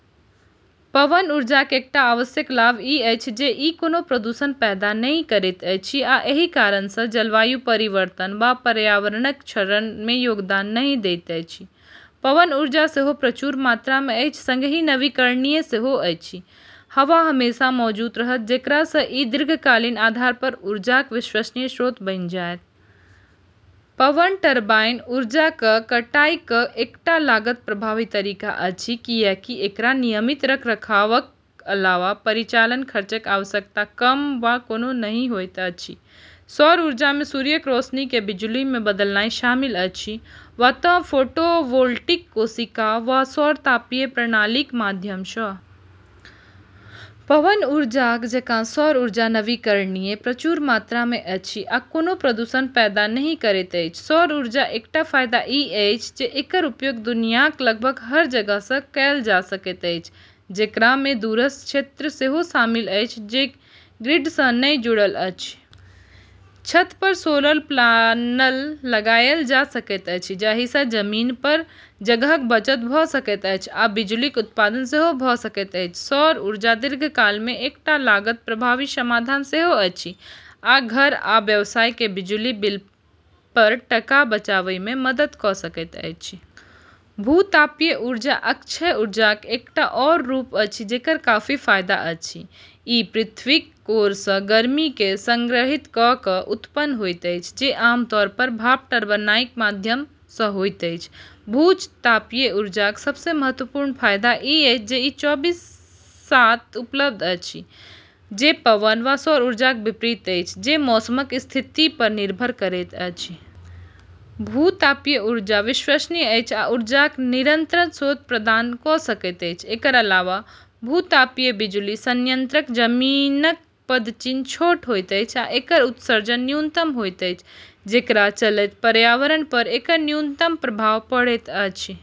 पवन ऊर्जाक एकटा आवश्यक लाभ ई अछि जे ई कोनो प्रदूषण पैदा नहि करैत अछि आ एहि कारणसँ जलवायु परिवर्तन वा पर्यावरणक क्षरणमे योगदान नहि दैत अछि। पवन ऊर्जा सेहो प्रचुर मात्रामे अछि सँगही नवीकरणीय सेहो अछि; हवा हमेशा मौजूद रहत, जेकरासँ ई दीर्घकालिक आधारपर ऊर्जाक विश्वसनीय स्रोत बनि जायत। पवन टरबाइन ऊर्जाक कटाईक एकटा लागत प्रभावी तरीका अछि, किएकि एकरा नियमित रखरखावक अलावा परिचालन खर्चक आवश्यकता कम वा कोनो नहि होइत अछि। सौर ऊर्जामे सूर्यक रोशनीकेँ बिजुलीमे बदलनाइ शामिल अछि, वा तँ फोटोवोल्टिक कोशिका वा सौर तापीय प्रणालीक माध्यमसँ। पवन ऊर्जाक जकाँ सौर ऊर्जा नवीकरणीय, प्रचुर मात्रामे अछि आ कोनो प्रदूषण पैदा नहि करैत अछि। सौर ऊर्जाक एकटा फायदा ई अछि जे एकर उपयोग दुनियाक लगभग हर जगहसँ कएल जा सकैत अछि, जेकरामे दूरस्थ क्षेत्र सेहो शामिल अछि जे ग्रिडसँ नहि जुड़ल अछि। छतपर सोलर प्यानल लगायल जा सकैत अछि, जाहिसँ जमीनपर जगहक बचत भऽ सकैत अछि आ बिजुलीक उत्पादन सेहो भऽ सकैत अछि। सौर ऊर्जा दीर्घकालमे एकटा लागत प्रभावी समाधान सेहो अछि आ घर आ व्यवसायकेँ बिजुली बिलपर टका बचाबैमे मदद कऽ सकैत अछि। भू-तापीय ऊर्जा अक्षय ऊर्जाक एकटा आओर रूप अछि जेकर काफी फायदा अछि। ई पृथ्वीक कोरसँ गर्मीकेँ सङ्ग्रहित कऽ कऽ उत्पन्न होइत अछि, जे आमतौरपर भाप टरबाइनक माध्यमसँ होइत अछि। भू-तापीय ऊर्जाक सबसँ महत्वपूर्ण फायदा ई अछि जे ई चौबीस/सात उपलब्ध अछि, जे पवन वा सौर ऊर्जाक विपरीत अछि, जे मौसमक स्थितिपर निर्भर करैत अछि। भू-तापीय ऊर्जा विश्वसनीय अछि आ ऊर्जाक निरन्तर स्रोत प्रदान कऽ सकैत अछि। एकर अलावा भू-तापीय बिजुली संयन्त्रक जमीनक पदचिह्न छोट होइत अछि आ एकर उत्सर्जन न्यूनतम होइत अछि, जेकरा चलैत पर्यावरणपर एकर न्यूनतम प्रभाव पड़ैत अछि।